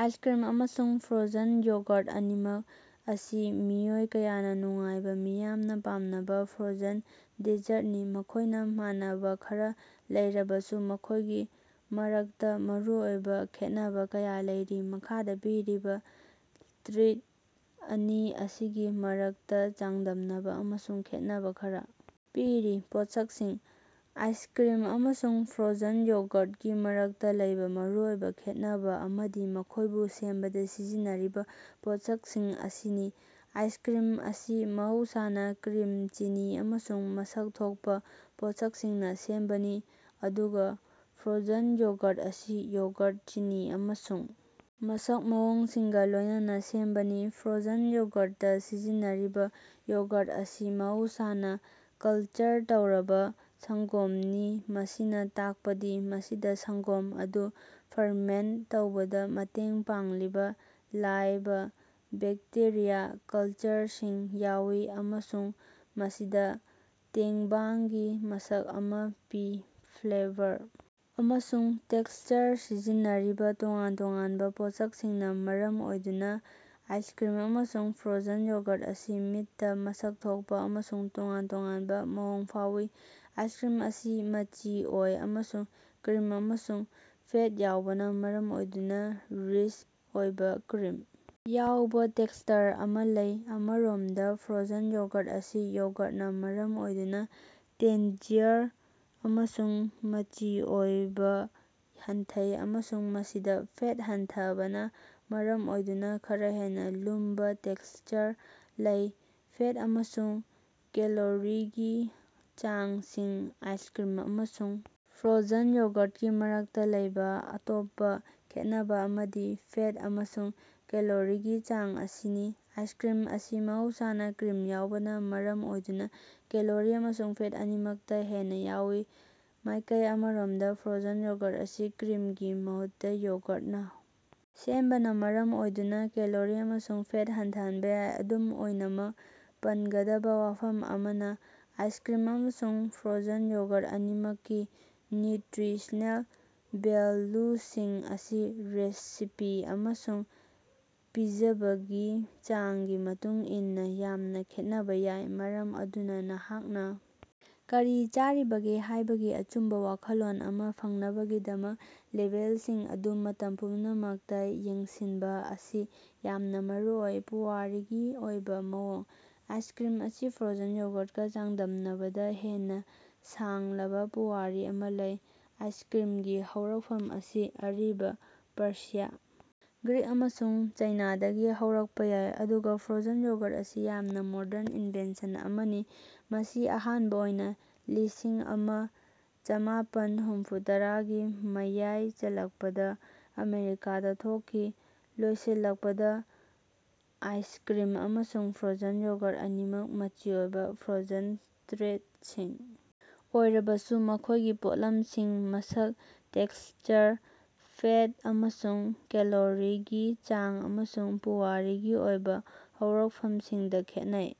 Ice cream ꯑꯃꯁꯨꯡ frozen yogurt ꯑꯅꯤꯃꯛ ꯑꯁꯤ ꯃꯤꯑꯣꯏ ꯀꯌꯥꯅꯥ ꯅꯨꯡꯉꯥꯏꯕꯥ ꯃꯤꯌꯥꯝꯅꯥ ꯄꯥꯝꯅꯕꯥ ꯐ꯭ꯔꯣꯖꯟ ꯗꯦꯖ꯭ꯔꯠꯅꯤ꯫ ꯃꯈꯣꯏꯅꯥ ꯃꯥꯟꯅꯕꯥ ꯈꯔꯥ ꯂꯩꯔꯕꯁꯨ ꯃꯈꯣꯏꯒꯤ ꯃꯔꯛꯇꯥ ꯃꯔꯨꯑꯣꯏꯕꯥ ꯈꯦꯠꯅꯕꯥ ꯀꯌꯥ ꯂꯩꯔꯤ꯫ ꯃꯈꯥꯗꯥ ꯄꯤꯔꯤꯕꯥ ꯇ꯭ꯔꯤꯠ ꯑꯅꯤ ꯑꯁꯤꯒꯤ ꯃꯔꯛꯇꯥ ꯆꯥꯡꯗꯝꯅꯕꯥ ꯑꯃꯁꯨꯡ ꯈꯦꯠꯅꯕꯥ ꯈꯔꯥ ꯄꯤꯔꯤ: ꯄꯣꯠꯁꯛꯁꯤꯡ: ꯑꯥꯏꯁꯀ꯭ꯔꯤꯝ ꯑꯃꯁꯨꯡ ꯐ꯭ꯔꯣꯖꯟ ꯌꯣꯒꯔꯒꯤ ꯃꯔꯛꯇꯥ ꯂꯩꯕꯥ ꯃꯔꯨꯑꯣꯏꯕꯥ ꯈꯦꯠꯅꯕꯥ ꯑꯃꯗꯤ ꯃꯈꯣꯏꯕꯨ ꯁꯦꯝꯕꯗꯥ ꯁꯤꯖꯤꯟꯅꯔꯤꯕꯥ ꯄꯣꯠꯁꯛꯁꯤꯡ ꯑꯁꯤꯅꯤ꯫ ꯑꯥꯏꯁꯀ꯭ꯔꯤꯝ ꯑꯁꯤ ꯃꯍꯧꯁꯥꯅꯥ ꯀ꯭ꯔꯤꯝ, ꯆꯤꯅꯤ ꯑꯃꯁꯨꯡ ꯃꯁꯛ ꯊꯣꯛꯄꯥ ꯄꯣꯠꯁꯛꯁꯤꯡꯅꯥ ꯁꯦꯝꯕꯅꯤ, ꯑꯗꯨꯒꯥ ꯐ꯭ꯔꯣꯖꯟ ꯌꯣꯒꯔ ꯑꯁꯤ ꯌꯣꯒꯔ, ꯆꯤꯅꯤ ꯑꯃꯁꯨꯡ ꯃꯁꯛ ꯃꯑꯣꯡꯁꯤꯡꯒꯥ ꯂꯣꯏꯅꯅꯥ ꯁꯦꯝꯕꯅꯤ꯫ ꯐ꯭ꯔꯣꯖꯟ ꯌꯣꯒꯔꯗꯥ ꯁꯤꯖꯤꯟꯅꯔꯤꯕꯥ ꯌꯣꯒꯔ ꯑꯁꯤ ꯃꯍꯧꯁꯥꯅꯥ ꯀꯜꯆꯔ ꯇꯧꯔꯕꯥ ꯁꯪꯒꯣꯝꯅꯤ, ꯃꯁꯤꯅꯥ ꯇꯥꯛꯄꯗꯤ ꯃꯁꯤꯗꯥ ꯁꯪꯒꯣꯝ ꯑꯗꯨ ꯐꯔꯃꯦꯟꯇ ꯇꯧꯕꯗꯥ ꯃꯇꯦꯡ ꯄꯥꯡꯂꯤꯕꯥ ꯂꯥꯏꯕ ꯕꯦꯛꯇꯦꯔꯤꯌꯥ ꯀꯜꯆꯔꯁꯤꯡ ꯌꯥꯎꯏ ꯑꯃꯁꯨꯡ ꯃꯁꯤꯗꯥ ꯇꯦꯡꯕꯥꯡꯒꯤ ꯃꯁꯛ ꯑꯃꯥ ꯄꯤ꯫ ꯐ꯭ꯂꯦꯕꯔ ꯑꯃꯁꯨꯡ ꯇꯦꯛꯁꯆꯔ: ꯁꯤꯖꯤꯟꯅꯔꯤꯕꯥ ꯇꯣꯉꯥꯟ-ꯇꯣꯉꯥꯟꯕꯥ ꯄꯣꯠꯁꯛꯁꯤꯡꯅꯥ ꯃꯔꯝ ꯑꯣꯏꯗꯨꯅꯥ ꯑꯥꯏꯁꯀ꯭ꯔꯤꯝ ꯑꯃꯁꯨꯡ ꯐ꯭ꯔꯣꯖꯟ ꯌꯣꯒꯔ ꯑꯁꯤ ꯃꯤꯠꯇꯥ ꯃꯁꯛ ꯊꯣꯛꯄꯥ ꯑꯃꯁꯨꯡ ꯇꯣꯉꯥꯟ-ꯇꯣꯉꯥꯟꯕꯥ ꯃꯑꯣꯡꯗꯥ ꯐꯥꯎꯏ꯫ ꯑꯥꯏꯁꯀ꯭ꯔꯤꯝ ꯑꯁꯤ ꯃꯆꯤ ꯑꯣꯏ ꯑꯃꯁꯨꯡ ꯀ꯭ꯔꯤꯝ ꯑꯃꯁꯨꯡ ꯐꯦꯠ ꯌꯥꯎꯕꯅꯥ ꯃꯔꯝ ꯑꯣꯏꯗꯨꯅꯥ ꯔꯤꯆ ꯑꯣꯏꯕꯥ, ꯀ꯭ꯔꯤꯝ ꯌꯥꯎꯕꯥ ꯇꯦꯛꯁꯆꯔ ꯑꯃꯥ ꯂꯩ꯫ ꯑꯃꯔꯣꯝꯗꯥ, ꯐ꯭ꯔꯣꯖꯟ ꯌꯣꯒꯔ ꯑꯁꯤ ꯌꯣꯒꯔꯅꯥ ꯃꯔꯝ ꯑꯣꯏꯗꯨꯅꯥ ꯇꯦꯟꯖꯤꯌꯔ ꯑꯃꯁꯨꯡ ꯃꯆꯤ ꯑꯣꯏꯕꯥ ꯍꯟꯊꯩ, ꯑꯃꯁꯨꯡ ꯃꯁꯤꯗꯥ ꯐꯦꯠ ꯍꯟꯊꯕꯅꯥ ꯃꯔꯝ ꯑꯣꯏꯗꯨꯅꯥ ꯈꯔꯥ ꯍꯦꯟꯅꯥ ꯂꯨꯝꯕꯥ ꯇꯦꯛꯁꯆꯔ ꯂꯩ꯫ ꯐꯦꯠ ꯑꯃꯁꯨꯡ ꯀꯦꯂꯣꯔꯤꯒꯤ ꯆꯥꯡꯁꯤꯡ ꯑꯥꯏꯁꯀ꯭ꯔꯤꯝ ꯑꯃꯁꯨꯡ ꯐ꯭ꯔꯣꯖꯟ ꯌꯣꯒꯔꯒꯤ ꯃꯔꯛꯇꯥ ꯂꯩꯕꯥ ꯑꯇꯣꯞꯄꯥ ꯈꯦꯠꯅꯕꯥ ꯑꯃꯗꯤ ꯐꯦꯠ ꯑꯃꯁꯨꯡ ꯀꯦꯂꯣꯔꯤꯒꯤ ꯆꯥꯡ ꯑꯁꯤꯅꯤ꯫ ꯑꯥꯏꯁꯀ꯭ꯔꯤꯝ ꯑꯁꯤ ꯃꯍꯧꯁꯥꯅꯥ ꯀ꯭ꯔꯤꯝ ꯌꯥꯎꯕꯅꯥ ꯃꯔꯝ ꯑꯣꯏꯗꯨꯅꯥ ꯀꯦꯂꯣꯔꯤ ꯑꯃꯁꯨꯡ ꯐꯦꯠ ꯑꯅꯤꯃꯛꯇꯥ ꯍꯦꯟꯅꯥ ꯌꯥꯎꯏ꯫ ꯃꯥꯏꯀꯩ ꯑꯃꯔꯣꯝꯗꯥ ꯐ꯭ꯔꯣꯖꯟ ꯌꯣꯒꯔ ꯑꯁꯤ ꯀ꯭ꯔꯤꯝꯒꯤ ꯃꯍꯨꯠꯇꯥ ꯌꯣꯒꯔꯅꯥ ꯁꯦꯝꯕꯅꯥ ꯃꯔꯝ ꯑꯣꯏꯗꯨꯅꯥ ꯀꯦꯂꯣꯔꯤ ꯑꯃꯁꯨꯡ ꯐꯦꯠ ꯍꯟꯊꯕꯥ ꯌꯥꯏ꯫ ꯑꯗꯨꯝ ꯑꯣꯏꯅꯃꯛ, ꯄꯟꯒꯗꯕꯥ ꯋꯥꯐꯝ ꯑꯃꯅꯥ ꯑꯥꯏꯁꯀ꯭ꯔꯤꯝ ꯑꯃꯁꯨꯡ ꯐ꯭ꯔꯣꯖꯟ ꯌꯣꯒꯔ ꯑꯅꯤꯃꯛꯀꯤ ꯅ꯭ꯌꯨꯇ꯭ꯔꯤꯁꯅꯦꯜ ꯚꯦꯜꯂꯨꯁꯤꯡ ꯑꯁꯤ ꯔꯦꯁꯤꯄꯤ ꯑꯃꯁꯨꯡ ꯄꯤꯖꯕꯒꯤ ꯆꯥꯡꯒꯤ ꯃꯇꯨꯡ ꯏꯟꯅꯥ ꯌꯥꯝꯅꯥ ꯈꯦꯠꯅꯕꯥ ꯌꯥꯏ, ꯃꯔꯝ ꯑꯗꯨꯅꯥ ꯅꯍꯥꯛꯅꯥ ꯀꯔꯤ ꯆꯥꯔꯤꯕꯒꯦ ꯍꯥꯏꯕꯒꯤ ꯑꯆꯨꯝꯕꯥ ꯋꯥꯈꯜꯂꯣꯟ ꯑꯃꯥ ꯐꯪꯅꯕꯒꯤꯗꯃꯛ ꯂꯦꯕꯦꯜꯁꯤꯡ ꯑꯗꯨ ꯃꯇꯝ ꯄꯨꯝꯅꯃꯛꯇꯥ ꯌꯦꯡꯁꯤꯟꯕꯥ ꯑꯁꯤ ꯌꯥꯝꯅꯥ ꯃꯔꯨꯑꯣꯏ꯫ ꯄꯨꯋꯥꯔꯤꯒꯤ ꯑꯣꯏꯕꯥ ꯃꯑꯣꯡ: ꯑꯥꯏꯁꯀ꯭ꯔꯤꯝ ꯑꯁꯤ ꯐ꯭ꯔꯣꯖꯟ ꯌꯣꯒꯔꯒꯥ ꯆꯥꯡꯗꯝꯅꯕꯗꯥ ꯍꯦꯟꯅꯥ ꯁꯥꯡꯂꯕꯥ ꯄꯨꯋꯥꯔꯤ ꯑꯃꯥ ꯂꯩ꯫ ꯑꯥꯏꯁꯀ꯭ꯔꯤꯝꯒꯤ ꯍꯧꯔꯛꯐꯝ ꯑꯁꯤ ꯑꯔꯤꯕꯥ ꯄꯥꯔꯁꯤꯌꯥ, ꯒ꯭ꯔꯤꯁ ꯑꯃꯁꯨꯡ ꯆꯥꯏꯅꯥꯗꯒꯤ ꯍꯧꯔꯛꯄꯥ ꯌꯥꯏ, ꯑꯗꯨꯒꯥ ꯐ꯭ꯔꯣꯖꯟ ꯌꯣꯒꯔ ꯑꯁꯤ ꯌꯥꯝꯅꯥ ꯃꯣꯔꯗꯟ ꯏꯟꯚꯦꯟꯁꯟ ꯑꯃꯅꯤ, ꯃꯁꯤ ꯑꯍꯥꯟꯕꯥ ꯑꯣꯏꯅꯥ ꯂꯤꯁꯤꯡꯑꯃꯥ ꯆꯥꯝꯃꯥꯄꯟ ꯍꯨꯝꯐꯨꯇꯔꯥꯒꯤ ꯃꯌꯥꯏ ꯆꯜꯂꯛꯄꯗꯥ ꯑꯃꯦꯔꯤꯀꯥꯗꯥ ꯊꯣꯛꯈꯤ꯫ ꯂꯣꯏꯁꯤꯜꯂꯛꯄꯗꯥ, ꯑꯥꯏꯁꯀ꯭ꯔꯤꯝ ꯑꯃꯁꯨꯡ ꯐ꯭ꯔꯣꯖꯟ ꯌꯣꯒꯔ ꯑꯅꯤꯃꯛ ꯃꯆꯤ ꯑꯣꯏꯕꯥ ꯐ꯭ꯔꯣꯖꯟ ꯇ꯭ꯔꯤꯠꯁꯤꯡ ꯑꯣꯏꯔꯕꯁꯨ, ꯃꯈꯣꯏꯒꯤ ꯄꯣꯠꯂꯝꯁꯤꯡ, ꯃꯁꯛ, ꯇꯦꯛꯁꯆꯔ, ꯐꯦꯠ ꯑꯃꯁꯨꯡ ꯀꯦꯂꯣꯔꯤꯒꯤ ꯆꯥꯡ, ꯑꯃꯁꯨꯡ ꯄꯨꯋꯥꯔꯤꯒꯤ ꯑꯣꯏꯕꯥ ꯍꯧꯔꯛꯐꯝꯁꯤꯡꯗꯥ ꯈꯦꯠꯅꯩ꯫